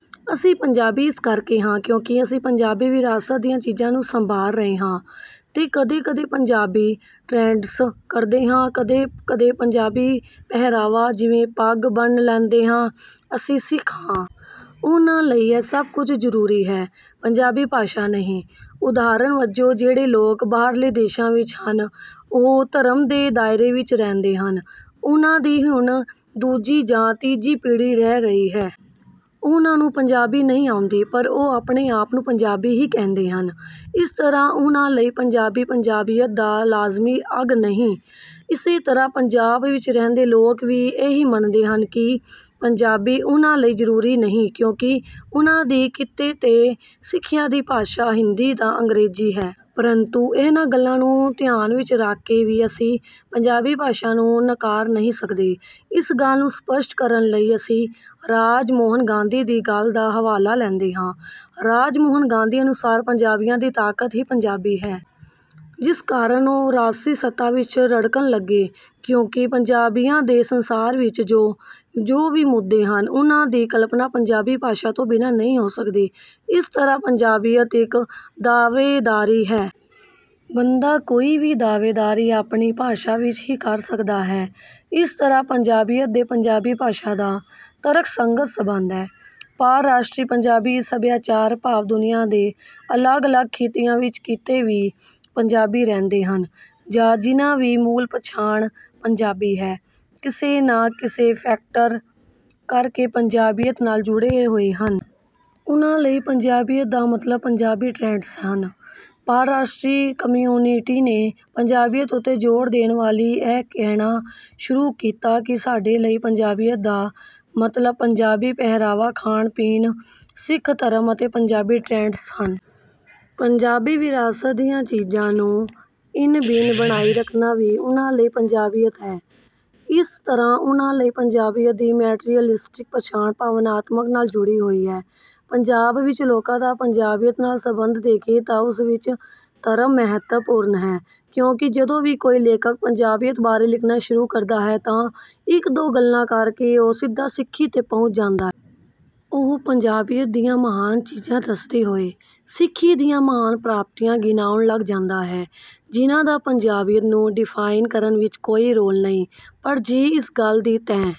ਅਸੀਂ ਪੰਜਾਬੀ ਇਸ ਕਰਕੇ ਹਾਂ ਕਿਉਂਕਿ ਅਸੀਂ ਪੰਜਾਬੀ ਵਿਰਾਸਤ ਦੀਆਂ ਚੀਜ਼ਾਂ ਨੂੰ ਸੰਭਾਲ ਰਹੇ ਹਾਂ ਤੇ ਕਦੇ ਕਦੇ ਪੰਜਾਬੀ ਟ੍ਰੇਡਸ ਕਰਦੇ ਹਾਂ ਕਦੇ ਕਦੇ ਪੰਜਾਬੀ ਪਹਿਰਾਵਾ ਜਿਵੇਂ ਪੱਗ ਬੰਨ੍ਹ ਲੈਂਦੇ ਹਾਂ। ਅਸੀਂ ਸਿੱਖ ਹਾਂ। ਉਹਨਾਂ ਲਈ ਇਹ ਸਭ ਕੁਝ ਜ਼ਰੂਰੀ ਹੈ ਪੰਜਾਬੀ ਭਾਸ਼ਾ ਨਹੀਂ। ਉਦਾਹਰਨ ਵਜੋਂ ਜਿਹੜੇ ਲੋਕ ਬਾਹਰਲੇ ਦੇਸ਼ਾਂ ਵਿੱਚ ਹਨ ਉਹ ਧਰਮ ਦੇ ਦਾਇਰੇ ਵਿੱਚ ਰਹਿੰਦੇ ਹਨ। ਉਹਨਾਂ ਦੀ ਹੁਣ ਦੂਜੀ ਜਾਂ ਤੀਜੀ ਪੀੜ੍ਹੀ ਰਹਿ ਰਹੀ ਹੈ। ਉਹਨਾਂ ਨੂੰ ਪੰਜਾਬੀ ਨਹੀਂ ਆਉਂਦੀ ਪਰ ਉਹ ਆਪਣੇ ਆਪ ਨੂੰ ਪੰਜਾਬੀ ਹੀ ਕਹਿੰਦੇ ਹਨ। ਇਸ ਤਰ੍ਹਾਂ ਉਹਨਾਂ ਲਈ ਪੰਜਾਬੀ ਪੰਜਾਬੀਅਤ ਦਾ ਲਾਜ਼ਮੀ ਅੰਗ ਨਹੀਂ। ਇਸੇ ਤਰ੍ਹਾਂ ਪੰਜਾਬ ਵਿੱਚ ਰਹਿੰਦੇ ਲੋਕ ਵੀ ਇਹੀ ਮੰਨਦੇ ਹਨ ਕਿ ਪੰਜਾਬੀ ਉਹਨਾਂ ਲਈ ਜ਼ਰੂਰੀ ਨਹੀਂ ਕਿਉਂਕਿ ਉਹਨਾਂ ਦੀ ਕਿੱਤੇ ਤੇ ਸਿੱਖਿਆ ਦੀ ਭਾਸ਼ਾ ਹਿੰਦੀ ਜਾਂ ਅੰਗਰੇਜ਼ੀ ਹੈ। ਪਰੰਤੂ ਇਹਨਾਂ ਗੱਲਾਂ ਨੂੰ ਧਿਆਨ ਵਿੱਚ ਰੱਖ ਕੇ ਵੀ ਅਸੀਂ ਪੰਜਾਬੀ ਭਾਸ਼ਾ ਨੂੰ ਨਕਾਰ ਨਹੀਂ ਸਕਦੇ। ਇਸ ਗੱਲ ਨੂੰ ਸਪੱਸ਼ਟ ਕਰਨ ਲਈ ਅਸੀਂ ਰਾਜ ਮੋਹਨ ਗਾਂਧੀ ਦੀ ਗੱਲ ਦਾ ਹਵਾਲਾ ਲੈਂਦੇ ਹਾਂ। ਰਾਜ ਮੋਹਨ ਗਾਂਧੀ ਅਨੁਸਾਰ ਪੰਜਾਬੀਆਂ ਦੀ ਤਾਕਤ ਹੀ ਪੰਜਾਬੀ ਹੈ। ਜਿਸ ਕਾਰਨ ਉਹ ਰਾਜਸੀ ਸੱਤਾ ਵਿੱਚ ਰੜਕਣ ਲੱਗੇ ਕਿਉਂਕਿ ਪੰਜਾਬੀਆਂ ਦੇ ਸੰਸਾਰ ਵਿੱਚ ਜੋ ਵੀ ਮੁੱਦੇ ਹਨ ਉਹਨਾਂ ਦੀ ਕਲਪਨਾ ਪੰਜਾਬੀ ਭਾਸ਼ਾ ਤੋਂ ਬਿਨਾਂ ਨਹੀਂ ਹੋ ਸਕਦੀ। ਇਸ ਤਰ੍ਹਾਂ ਪੰਜਾਬੀਅਤ ਇੱਕ ਦਾਅਵੇਦਾਰੀ ਹੈ। ਬੰਦਾ ਕੋਈ ਵੀ ਦਾਅਵੇਦਾਰੀ ਆਪਣੀ ਭਾਸ਼ਾ ਵਿੱਚ ਹੀ ਕਰ ਸਕਦਾ ਹੈ। ਇਸ ਤਰ੍ਹਾਂ ਪੰਜਾਬੀਅਤ ਤੇ ਪੰਜਾਬੀ ਭਾਸ਼ਾ ਦਾ ਤਰਕਸੰਗਤ ਸੰਬੰਧ ਹੈ। ਪਾਰਰਾਸ਼ਟਰੀ ਪੰਜਾਬੀ ਸੱਭਿਆਚਾਰ ਭਾਵ ਦੁਨੀਆਂ ਦੇ ਅਲੱਗ ਅਲੱਗ ਖਿੱਤਿਆਂ ਵਿੱਚ ਕਿਤੇ ਵੀ ਪੰਜਾਬੀ ਰਹਿੰਦੇ ਹਨ ਜਾਂ ਜਿਨ੍ਹਾਂ ਦੀ ਮੂਲ ਪਛਾਣ ਪੰਜਾਬੀ ਹੈ ਕਿਸੇ ਨਾ ਕਿਸੇ ਫੈਕਟਰ ਕਰਕੇ ਪੰਜਾਬੀਅਤ ਨਾਲ ਜੁੜੇ ਹੋਏ ਹਨ। ਉਨ੍ਹਾਂ ਲਈ ਪੰਜਾਬੀਅਤ ਦਾ ਮਤਲਬ ਪੰਜਾਬੀ ਟ੍ਰੇਡਸ ਹਨ। ਪਾਰਰਾਸ਼ਟਰੀ ਕਮਿਊਨਿਟੀ ਨੇ ਪੰਜਾਬੀਅਤ ਉੱਤੇ ਜ਼ੋਰ ਦੇਣ ਲਈ ਇਹ ਕਹਿਣਾ ਸ਼ੁਰੂ ਕੀਤਾ ਕਿ ਸਾਡੇ ਲਈ ਪੰਜਾਬੀਅਤ ਦਾ ਮਤਲਬ ਪੰਜਾਬੀ ਪਹਿਰਾਵਾ ਖਾਣ ਪੀਣ ਸਿੱਖ ਧਰਮ ਅਤੇ ਪੰਜਾਬੀ ਟ੍ਰੇਡਸ ਹਨ। ਪੰਜਾਬੀ ਵਿਰਾਸਤ ਦੀਆਂ ਚੀਜ਼ਾਂ ਨੂੰ ਇਨ ਬਿਨ ਬਣਾਈ ਰੱਖਣਾ ਵੀ ਉਨ੍ਹਾਂ ਲਈ ਪੰਜਾਬੀਅਤ ਹੈ। ਇਸ ਤਰ੍ਹਾਂ ਉਨ੍ਹਾਂ ਲਈ ਪੰਜਾਬੀਅਤ ਦੀ ਮੈਟੀਰੀਅਲਿਸਟਿਕ ਪਛਾਣ ਭਾਵਨਾਤਮਕਤਾ ਨਾਲ ਜੁੜੀ ਹੋਈ ਹੈ। ਪੰਜਾਬ ਵਿੱਚ ਲੋਕਾਂ ਦਾ ਪੰਜਾਬੀਅਤ ਨਾਲ ਸੰਬੰਧ ਦੇਖੀਏ ਤਾਂ ਉਸ ਵਿੱਚ ਧਰਮ ਮਹੱਤਵਪੂਰਨ ਹੈ ਕਿਉਂਕਿ ਜਦੋਂ ਵੀ ਕੋਈ ਲੇਖਕ ਪੰਜਾਬੀਅਤ ਬਾਰੇ ਲਿਖਣਾ ਸ਼ੁਰੂ ਕਰਦਾ ਹੈ ਤਾਂ ਇੱਕ ਦੋ ਗੱਲਾਂ ਕਰਕੇ ਉਹ ਸਿੱਧਾ ਸਿੱਖੀ ਤੇ ਪਹੁੰਚ ਜਾਂਦਾ ਹੈ। ਉਹ ਪੰਜਾਬੀਅਤ ਦੀਆਂ ਮਹਾਨ ਚੀਜ਼ਾਂ ਦੱਸਦੇ ਹੋਏ ਸਿੱਖੀ ਦੀਆਂ ਮਹਾਨ ਪ੍ਰਾਪਤੀਆਂ ਗਿਣਾਉਣ ਲੱਗ ਜਾਂਦਾ ਹੈ ਜਿਨ੍ਹਾਂ ਦਾ ਪੰਜਾਬੀਅਤ ਨੂੰ ਡਿਫਾਈਨ ਕਰਨ ਵਿੱਚ ਕੋਈ ਰੋਲ ਨਹੀਂ ਪਰ ਜੇ ਇਸ ਗੱਲ ਦੀ ਤਹਿ